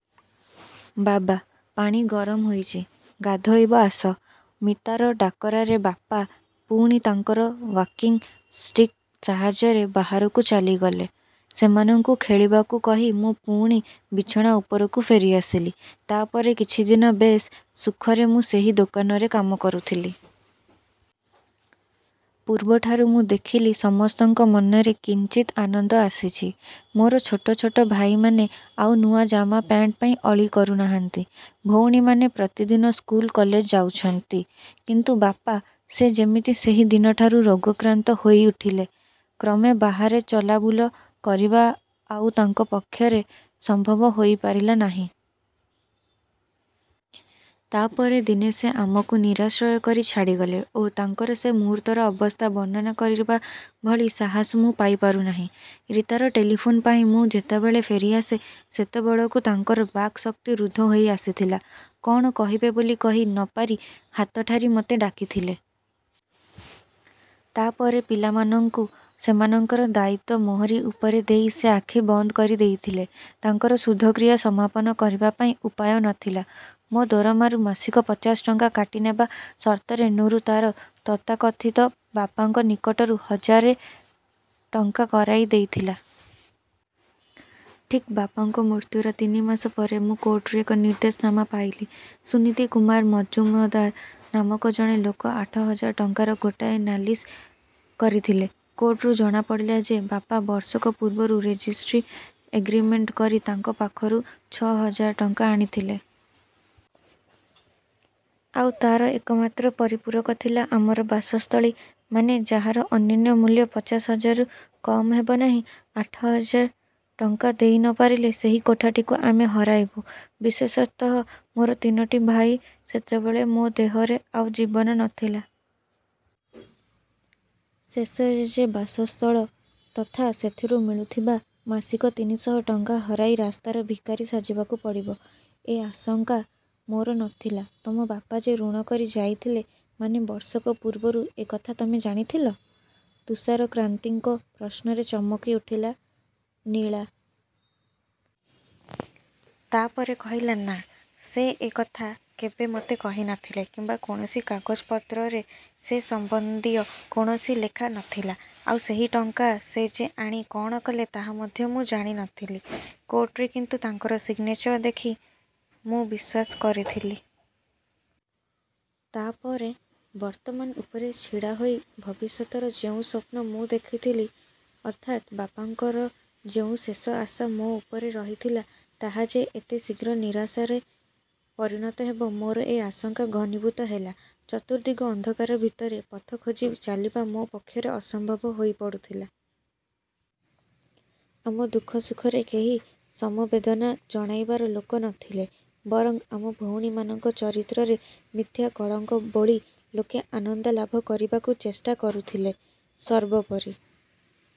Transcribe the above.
ବାବା, ପାଣି ଗରମ ହୋଇଛି, ଗାଧୋଇବ ଆସ। ମୀତାର ଡାକରାରେ ବାପା ପୁଣି ତାଙ୍କର ୱାକିଂ ଷ୍ଟିକ୍ ସାହାଯ୍ୟରେ ବାହାରକୁ ଚାଲିଗଲେ। ସେମାନଙ୍କୁ ଖେଳିବାକୁ କହି ମୁଁ ପୁଣି ବିଛଣା ଉପରକୁ ଫେରିଆସିଲି। ତା ପରେ କିଛିଦିନ ବେଶ୍ ସୁଖରେ ମୁଁ ସେହି ଦୋକାନରେ କାମ କରୁଥିଲି। ପୂର୍ବଠାରୁ ମୁଁ ଦେଖିଲି ସମସ୍ତଙ୍କ ମନରେ କିଞ୍ଚିତ୍ ଆନନ୍ଦ ଆସିଛି। ମୋର ଛୋଟ ଛୋଟ ଭାଇମାନେ ଆଉ ନୂଆ ଜାମା ପ୍ୟାଣ୍ଟ ପାଇଁ ଅଳି କରୁନାହାନ୍ତି। ଭଉଣୀମାନେ ପ୍ରତିଦିନ ସ୍କୁଲ, କଲେଜ ଯାଉଛନ୍ତି। କିନ୍ତୁ ବାପା, ସେ ଯେମିତି ସେହି ଦିନଠାରୁ ରୋଗାକ୍ରାନ୍ତ ହୋଇଉଠିଲେ। କ୍ରମେ ବାହାରେ ଚାଲବୁଲ କରିବା ଆଉ ତାଙ୍କ ପକ୍ଷରେ ସମ୍ଭବ ହୋଇପାରିଲା ନାହିଁ। ତା ପରେ ଦିନେ ସେ ଆମକୁ ନିରାଶ୍ରୟ କରି ଛାଡ଼ିଗଲେ। ଓଃ, ତାଙ୍କର ସେ ମୁହୂର୍ତ୍ତର ଅବସ୍ଥା ବର୍ଣ୍ଣନା କରିବା ଭଳି ସାହସ ମୁଁ ପାଇପାରୁନାହିଁ। ରୀତାର ଟେଲିଫୋନ୍ ପାଇ ମୁଁ ଯେତେବେଳେ ଫେରିଆସେ, ସେତେବେଳକୁ ତାଙ୍କର ବାକ୍‌ଶକ୍ତି ରୁଦ୍ଧ ହୋଇ ଆସିଥିଲା। କଣ କହିବେ ବୋଲି କହି ନ ପାରି ହାତ ଠାରି ମୋତେ ଡାକିଥିଲେ। ତା ପରେ ପିଲାମାନଙ୍କୁ। ସେମାନଙ୍କର ଦାୟିତ୍ୱ ମୋହରି ଉପରେ ଦେଇ ସେ ଆଖି ବନ୍ଦ କରିଦେଇଥିଲେ। ତାଙ୍କର ଶୁଦ୍ଧକ୍ରିୟା ସମାପନ କରିବା ପାଇଁ ଉପାୟ ନଥିଲା। ମୋ ଦରମାରୁ ମାସିକ ପଚାଶ ଟଙ୍କା କାଟିନେବା ସର୍ତ୍ତରେ ନୁରୁ ତାର ତଥାକଥିତ ବାପାଙ୍କ ନିକଟରୁ ହଜାରେ ଟଙ୍କା କରାଇ ଦେଇଥିଲା। ଠିକ୍ ବାପାଙ୍କ ମୃତ୍ୟୁର ତିନି ମାସ ପରେ ମୁଁ କୋର୍ଟରୁ ଏକ ନିର୍ଦ୍ଦେଶନାମା ପାଇଲି। ସୁନୀତି କୁମାର ମଜୁମଦାର ନାମକ ଜଣେ ଲୋକ ଆଠ ହଜାର ଟଙ୍କାର ଗୋଟାଏ ନାଲିସ୍ କରିଥିଲେ। କୋର୍ଟରୁ ଜଣାପଡ଼ିଲା ଯେ, ବାପା ବର୍ଷକ ପୂର୍ବରୁ ରେଜିଷ୍ଟ୍ରି ଏଗ୍ରିମେଣ୍ଟ କରି ତାଙ୍କ ପାଖରୁ ଛ' ହଜାର ଟଙ୍କା ଆଣିଥିଲେ। ଆଉ ତାର ଏକମାତ୍ର ପରିପୂରକ ଥିଲା ଆମର ବାସସ୍ଥଳୀ, ମାନେ, ଯାହାର ଅନ୍ୟୂନ ମୂଲ୍ୟ ପଚାଶ ହଜାରରୁ କମ୍ ହେବ ନାହିଁ। ଆଠ ହଜାର ଟଙ୍କା ଦେଇ ନ ପାରିଲେ, ସେହି କୋଠାଟିକୁ ଆମେ ହରାଇବୁ। ବିଶେଷତଃ ମୋର ତିନୋଟି ଭାଇ, ସେତେବେଳେ ମୋ ଦେହରେ ଆଉ ଜୀବନ ନଥିଲା। ଶେଷରେ ଯେ ବାସସ୍ଥଳ ତଥା ସେଥିରୁ ମିଳୁଥିବା ମାସିକ ତିନି ଶହ ଟଙ୍କା ହରାଇ ରାସ୍ତାର ଭିକାରୀ ସାଜିବାକୁ ପଡ଼ିବ, ଏ ଆଶଙ୍କା ମୋର ନଥିଲା। ତମ ବାପା ଯେ ଋଣ କରି ଯାଇଥିଲେ, ମାନେ ବର୍ଷକ ପୂର୍ବରୁ ଏ କଥା ତମେ ଜାଣିଥିଲ? ତୁଷାରକାନ୍ତିଙ୍କ ପ୍ରଶ୍ନରେ ଚମକିଉଠିଲା ଲୀଳା। ତା ପରେ କହିଲା, ନା, ସେ ଏ କଥା କେବେ ମୋତେ କହିନଥିଲେ କିମ୍ବା କୌଣସି କାଗଜପତ୍ରରେ ସେ ସମ୍ବନ୍ଧୀୟ କୌଣସି ଲେଖା ନଥିଲା। ଆଉ ସେହି ଟଙ୍କା ସେ ଯେ ଆଣି କଣ କଲେ, ତାହା ମଧ୍ୟ ମୁଁ ଜାଣିନଥିଲି। କୋର୍ଟରେ କିନ୍ତୁ ତାଙ୍କର ସିଗ୍ନେଚର ଦେଖି ମୁଁ ବିଶ୍ୱାସ କରିଥିଲି। ତା ପରେ? ବର୍ତ୍ତମାନ ଉପରେ ଛିଡ଼ା ହୋଇ ଭବିଷ୍ୟତର ଯେଉଁ ସ୍ୱପ୍ନ ମୁଁ ଦେଖୁଥିଲି, ଅର୍ଥାତ୍ ବାପାଙ୍କର ଯେଉଁ ଶେଷ ଆଶା ମୋ ଉପରେ ରହିଥିଲା, ତାହା ଯେ ଏତେ ଶୀଘ୍ର ନିରାଶାରେ ପରିଣତ ହେବ, ମୋର ଏ ଆଶଙ୍କା ଘନୀଭୂତ ହେଲା। ଚତୁର୍ଦ୍ଦିଗ ଅନ୍ଧକାର ଭିତରେ ପଥ ଖୋଜି ଚାଲିବା ମୋ ପକ୍ଷରେ ଅସମ୍ଭବ ହୋଇପଡ଼ୁଥିଲା। ଆମ ଦୁଃଖ ସୁଖରେ କେହି ସମବେଦନା ଜଣାଇବାର ଲୋକ ନଥିଲେ। ବରଂ ଆମ ଭଉଣୀମାନଙ୍କ ଚରିତ୍ରରେ ମିଥ୍ୟା କଳଙ୍କ ବୋଳି ଲୋକେ ଆନନ୍ଦଲାଭ କରିବାକୁ ଚେଷ୍ଟା କରୁଥିଲେ। ସର୍ବୋପରି